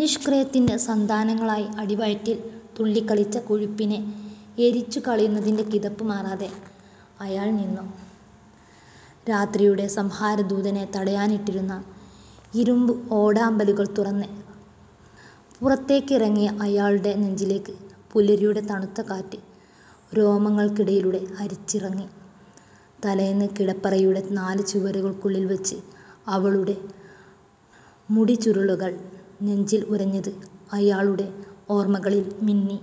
നിഷ്ക്രിയത്വത്തിൻ്റെ സന്താനങ്ങളായി അടിവയറ്റിൽ തുള്ളികളിച്ച കൊഴുപ്പിനെ എരിച്ചു കളയുന്നതിൻ്റെ കിതപ്പ് മാറാതെ അയാൾ നിന്നു. രാത്രിയുടെ സംഹാരദൂതനെ തടയാനിട്ടിരുന്ന ഇരുമ്പ് ഓടാമ്പലുകൾ തുറന്ന് പുറത്തേക്കിറങ്ങിയ അയാളുടെ നെഞ്ചിലേക്ക് പുലരിയുടെ തണുത്ത കാറ്റ് രോമങ്ങൾക്കിടയിലൂടെ അരിച്ചിറങ്ങി. തലേന്ന് കിടപ്പറയുടെ നാല് ചുവരുകൾക്കുള്ളിൽ വെച്ച് അവളുടെ മുടിച്ചുരുളുകൾ നെഞ്ചിൽ ഉരഞ്ഞത് അയാളുടെ ഓർമകളിൽ മിന്നി.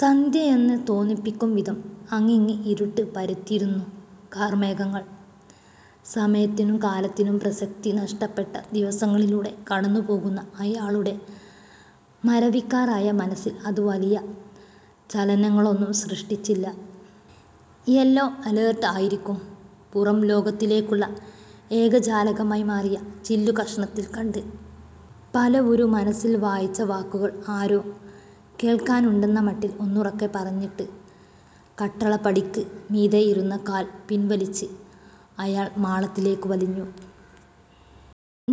സന്ധ്യയെന്ന് തോന്നിപ്പിക്കും വിധം അങ്ങിങ്ങ് ഇരുട്ട് പരത്തിയിരുന്നു കാർമേഘങ്ങൾ. സമയത്തിനും കാലത്തിനും പ്രസക്തി നഷ്ടപ്പെട്ട ദിവസങ്ങളിലൂടെ കടന്നുപോകുന്ന അയാളുടെ മരവിക്കാറായ മനസ്സിൽ അത് വലിയ ചലനങ്ങളൊന്നും സൃഷ്ടിച്ചില്ല. "യെല്ലോ അലേർട്ട് ആയിരിക്കും." പുറംലോകത്തിലേക്കുള്ള ഏകജാലകമായി മാറിയ ചില്ലുകഷണത്തിൽ കണ്ട് പലവുരു മനസ്സിൽ വായിച്ച വാക്കുകൾ ആരോ കേൾക്കാനുണ്ടെന്ന മട്ടിൽ ഒന്നുറക്കെ പറഞ്ഞിട്ട്, കട്ടളപടിക്ക് മീതെ ഇരുന്ന കാൽ പിൻവലിച്ച് അയാൾ മാളത്തിലേക്ക് വലിഞ്ഞു.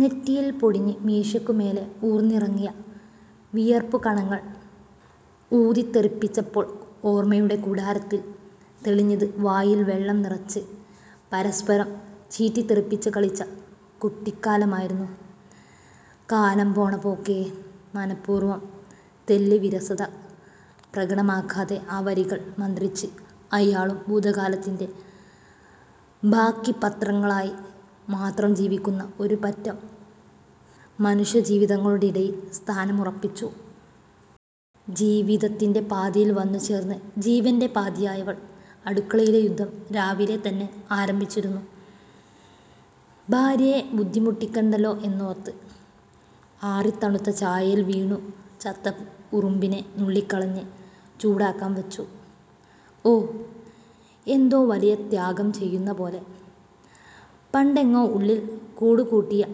നെറ്റിയിൽ പൊടിഞ്ഞ് മീശയ്ക്കു മേലേ ഊർന്നിറങ്ങിയ വിയർപ്പുകണങ്ങൾ ഊതിത്തെറിപ്പിച്ചപ്പോൾ ഓർമയുടെ കൂടാരത്തിൽ തെളിഞ്ഞത് വായിൽ വെള്ളം നിറച്ച് പരസ്പരം ചീറ്റിത്തെറിപ്പിച്ച് കളിച്ച കുട്ടിക്കാലമായിരുന്നു. 'കാലം പോണ പോക്കേ.' മനഃപൂർവം തെല്ല് വിരസത പ്രകടമാക്കാതെ ആ വരികൾ മന്ത്രിച്ച് അയാളും ഭൂതകാലത്തിൻ്റെ ബാക്കിപത്രങ്ങളായി മാത്രം ജീവിക്കുന്ന ഒരുപറ്റം മനുഷ്യജീവിതങ്ങളുടെ ഇടയിൽ സ്ഥാനമുറപ്പിച്ചു. ജീവിതത്തിൻ്റെ പാതിയിൽ വന്നു ചേർന്ന് ജീവൻ്റെ പാതിയായവൾ അടുക്കളയിലെ യുദ്ധം രാവിലെ തന്നെ ആരംഭിച്ചിരുന്നു. ഭാര്യയെ ബുദ്ധിമുട്ടിക്കണ്ടല്ലോ എന്നോർത്ത് ആറിത്തണുത്ത ചായയിൽ വീണു ചത്ത ഉറുമ്പിനെ നുള്ളിക്കളഞ്ഞ് ചൂടാക്കാൻ വച്ചു. 'ഓഹ്, എന്തോ വലിയ ത്യാഗം ചെയ്യുന്ന പോലെ!' പണ്ടെങ്ങോ ഉള്ളിൽ കൂടുകൂട്ടിയ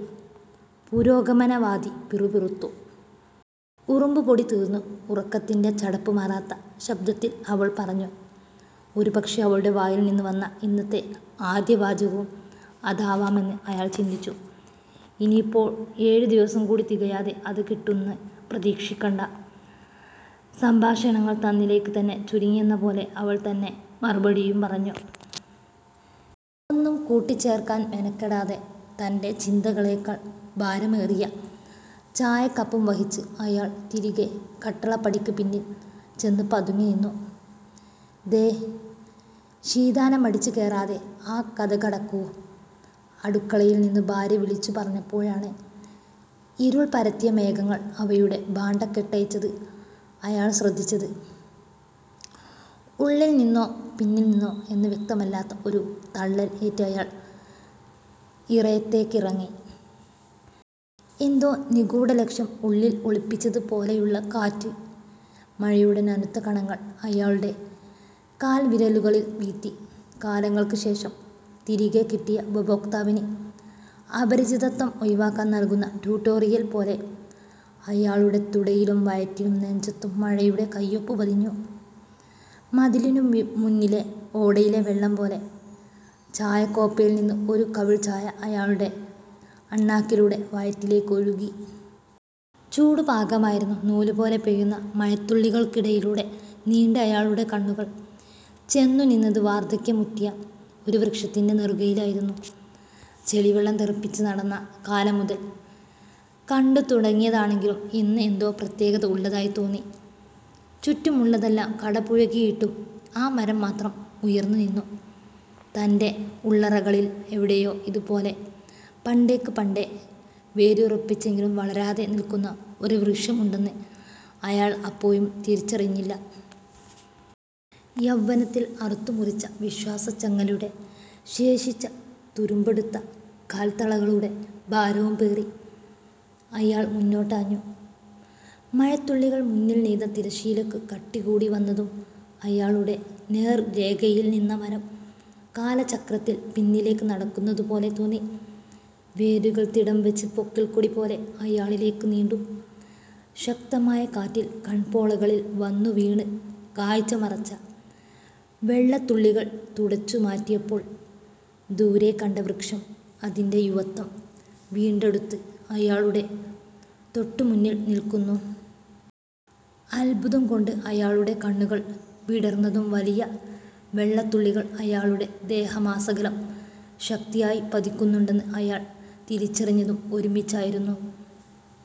പുരോഗമനവാദി പിറുപിറുത്തു. "ഉറുമ്പ് പൊടി തീർന്നു." ഉറക്കത്തിൻ്റെ ചടപ്പ് മാറാത്ത ശബ്ദത്തിൽ അവൾ പറഞ്ഞു. ഒരുപക്ഷേ അവളുടെ വായിൽ നിന്ന് വന്ന ഇന്നത്തെ ആദ്യവാചകവും അതാവാമെന്ന് അയാൾ ചിന്തിച്ചു. "ഇനിയിപ്പോ ഏഴ് ദിവസം കൂടി തികയാതെ അത് കിട്ടൂന്ന് പ്രതീക്ഷിക്കണ്ട." സംഭാഷണങ്ങൾ തന്നിലേക്ക് തന്നെ ചുരുങ്ങിയെന്ന പോലെ അവൾ തന്നെ മറുപടിയും പറഞ്ഞു. ഒന്നും കൂട്ടിച്ചേർക്കാൻ മെനക്കെടാതെ തൻ്റെ ചിന്തകളേക്കാൾ ഭാരമേറിയ ചായക്കപ്പും വഹിച്ച് അയാൾ തിരികെ കട്ടളപ്പടിക്ക് പിന്നിൽ ചെന്ന് പതുങ്ങി നിന്നു. "ദേ! ശീതാനമടിച്ച് കേറാതെ ആ കതകടയ്ക്കൂ." അടുക്കളയിൽ നിന്നും ഭാര്യ വിളിച്ചു പറഞ്ഞപ്പോഴാണ് ഇരുൾ പരത്തിയ മേഘങ്ങൾ അവയുടെ ഭാണ്ഡക്കെട്ടഴിച്ചത് അയാൾ ശ്രദ്ധിച്ചത്. ഉള്ളിൽ നിന്നോ പിന്നിൽ നിന്നോ എന്ന് വ്യക്തമല്ലാത്ത ഒരു തള്ളൽ ഏറ്റ് അയാൾ ഇറയത്തേക്കിറങ്ങി. എന്തോ നിഗൂഢലക്ഷ്യം ഉള്ളിൽ ഒളിപ്പിച്ചത് പോലെയുള്ള കാറ്റ് മഴയുടെ നനുത്ത കണങ്ങൾ അയാളുടെ കാൽവിരലുകളിൽ വീഴ്ത്തി. കാലങ്ങൾക്ക് ശേഷം തിരികെ കിട്ടിയ ഉപഭോക്താവിന് അപരിചിതത്വം ഒഴിവാക്കാൻ നൽകുന്ന ട്യൂട്ടോറിയൽ പോലെ അയാളുടെ തുടയിലും വയറ്റിലും നെഞ്ചത്തും മഴയുടെ കയ്യൊപ്പ് പതിഞ്ഞു. മതിലിനു മുന്നിലെ ഓടയിലെ വെള്ളം പോലെ ചായക്കോപ്പയിൽ നിന്ന് ഒരു കവിൾ ചായ അയാളുടെ അണ്ണാക്കിലൂടെ വയറ്റിലേക്ക് ഒഴുകി. ചൂട് പാകമായിരുന്നു. നൂലുപോലെ പെയ്യുന്ന മഴത്തുള്ളികൾക്കിടയിലൂടെ നീണ്ട അയാളുടെ കണ്ണുകൾ ചെന്നുനിന്നത് വാർദ്ധക്യം മുറ്റിയ ഒരു വൃക്ഷത്തിൻ്റെ നെറുകയിലായിരുന്നു. ചെളിവെള്ളം തെറിപ്പിച്ച് നടന്ന കാലം മുതൽ കണ്ടുതുടങ്ങിയതാണെങ്കിലും ഇന്ന് എന്തോ പ്രത്യേകത ഉള്ളതായി തോന്നി. ചുറ്റുമുള്ളതെല്ലാം കടപുഴകിയിട്ടും ആ മരം മാത്രം ഉയർന്നുനിന്നു. തൻ്റെ ഉള്ളറകളിൽ എവിടെയോ, ഇതുപോലെ പണ്ടേക്ക് പണ്ടേ വേരുറപ്പിച്ചെങ്കിലും വളരാതെ നിൽക്കുന്ന ഒരു വൃക്ഷമുണ്ടെന്ന് അയാൾ അപ്പോഴും തിരിച്ചറിഞ്ഞില്ല. യൗവനത്തിൽ അറുത്തുമുറിച്ച വിശ്വാസച്ചങ്ങലയുടെ ശേഷിച്ച തുരുമ്പെടുത്ത കാൽത്തളകളുടെ ഭാരവും പേറി അയാൾ മുന്നോട്ടാഞ്ഞു. മഴത്തുള്ളികൾ മുന്നിൽ നെയ്ത തിരശ്ശീലയ്ക്ക് കട്ടികൂടി വന്നതും അയാളുടെ നേർരേഖയിൽ നിന്ന മരം കാലചക്രത്തിൽ പിന്നിലേക്ക് നടക്കുന്ന പോലെ തോന്നി. വേരുകൾ തിടം വെച്ച് പൊക്കിൾക്കൊടി പോലെ അയാളിലേക്ക് നീണ്ടു. ശക്തമായ കാറ്റിൽ കൺപോളകളിൽ വന്നുവീണ് കാഴ്ച മറച്ച വെള്ളത്തുള്ളികൾ തുടച്ചു മാറ്റിയപ്പോൾ ദൂരെ കണ്ട വൃക്ഷം അതിൻ്റെ യുവത്വം വീണ്ടെടുത്ത് അയാളുടെ തൊട്ടുമുന്നിൽ നിൽക്കുന്നു. അത്ഭുതംകൊണ്ട് അയാളുടെ കണ്ണുകൾ വിടർന്നതും വലിയ വെള്ളത്തുള്ളികൾ അയാളുടെ ദേഹമാസകലം ശക്തിയായി പതിക്കുന്നുണ്ടെന്ന് അയാൾ തിരിച്ചറിഞ്ഞതും ഒരുമിച്ചായിരുന്നു.